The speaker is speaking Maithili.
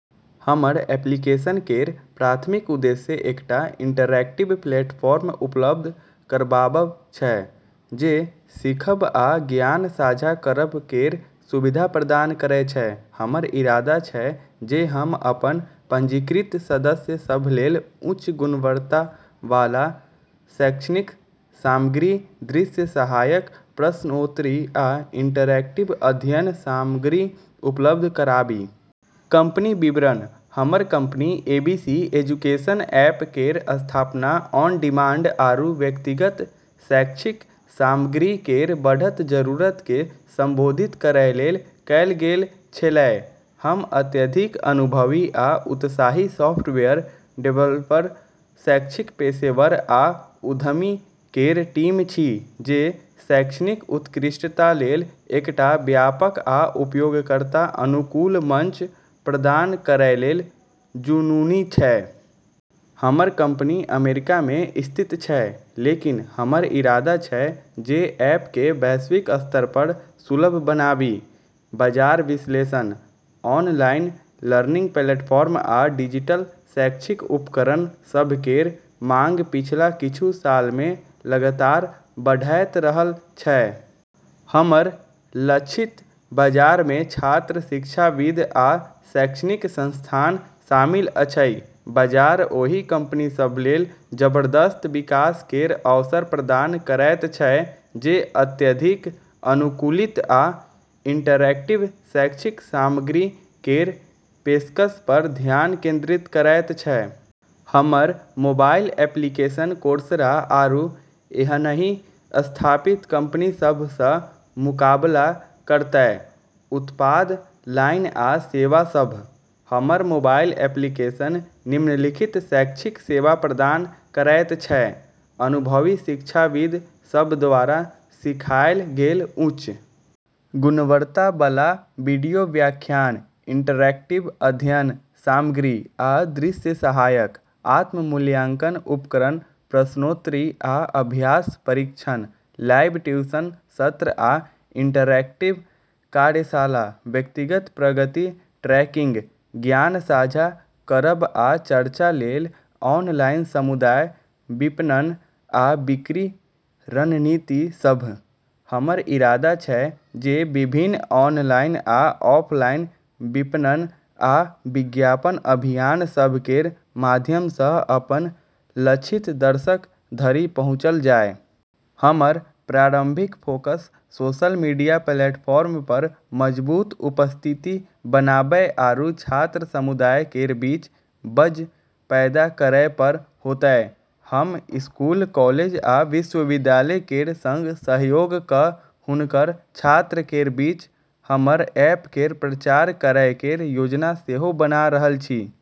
हमर एप्लीकेशन केर प्राथमिक उद्देश्य एकटा इंटरैक्टिव प्लेटफॉर्म उपलब्ध कराबब छै जे सिखब आ ज्ञान-साझा करब केर सुविधा प्रदान करै छै। हमर इरादा छै जे हम अपन पंजीकृत सदस्य सभ लेल उच्च गुणवत्ता बला शैक्षणिक सामग्री, दृश्य सहायक, प्रश्नोत्तरी, आ इंटरैक्टिव अध्ययन सामग्री उपलब्ध कराबी। कंपनी विवरण: हमर कंपनी, एबीसी एजुकेशन ऐप, केर स्थापना ऑन-डिमांड आरू व्यक्तिगत शैक्षिक सामग्री केर बढ़त जरूरत केँ संबोधित करै लेल कएल गेल छेलै। हम अत्यधिक अनुभवी आ उत्साही सॉफ्टवेयर डेवलपर, शैक्षिक पेशेवर, आ उद्यमी केर टीम छी जे शैक्षणिक उत्कृष्टता लेल एकटा व्यापक आ उपयोगकर्ता-अनुकूल मंच प्रदान करै लेल जुनूनी छै। हमर कंपनी अमेरिका मे स्थित छै, लेकिन हमर इरादा छै जे ऐप केँ वैश्विक स्तर पर सुलभ बनाबी। बाजार विश्लेषण: ऑनलाइन लर्निंग प्लेटफॉर्म आ डिजिटल शैक्षिक उपकरण सभ केर माँग पिछला किछु साल मे लगातार बढ़ैत रहल छै। हमर लक्षित बाजार मे छात्र, शिक्षाविद, आ शैक्षणिक संस्थान शामिल अछि। बाजार ओहि कंपनी सभ लेल जबरदस्त विकास केर अवसर प्रदान करैत छै जे अत्यधिक अनुकूलित आ इंटरैक्टिव शैक्षिक सामग्री केर पेशकश पर ध्यान केंद्रित करैत छै। हमर मोबाइल एप्लीकेशन कोर्सरा, आरू एहनहि स्थापित कंपनी सभ सँ मुकाबला करतै। उत्पाद लाइन आ सेवा सभ: हमर मोबाइल एप्लीकेशन निम्नलिखित शैक्षिक सेवा प्रदान करैत छै: अनुभवी शिक्षाविद सभ द्वारा सिखाएल गेल उच्च गुणवत्ता बला वीडियो व्याख्यान - इंटरैक्टिव अध्ययन सामग्री आ दृश्य सहायक- आत्म-मूल्यांकन उपकरण, प्रश्नोत्तरी, आ अभ्यास परीक्षण- लाइव ट्यूशन सत्र आ इंटरैक्टिव कार्यशाला - व्यक्तिगत प्रगति ट्रैकिंग- ज्ञान-साझा करब आ चर्चा लेल ऑनलाइन समुदाय- विपणन आ बिक्री रणनीति सभ: हमर इरादा छै जे विभिन्न ऑनलाइन आ ऑफलाइन विपणन आ विज्ञापन अभियान सभ केर माध्यम सँ अपन लक्षित दर्शक धरि पहुँचल जाय। हमर प्रारंभिक फोकस सोशल मीडिया प्लेटफॉर्म पर मजबूत उपस्थिति बनाबै आरू छात्र समुदाय केर बीच बज़ पैदा करै पर होतै। हम स्कूल, कॉलेज, आ विश्वविद्यालय केर संग सहयोग कऽ हुनकर छात्र केर बीच हमर ऐप केर प्रचार करै केर योजना सेहो बना रहल छी।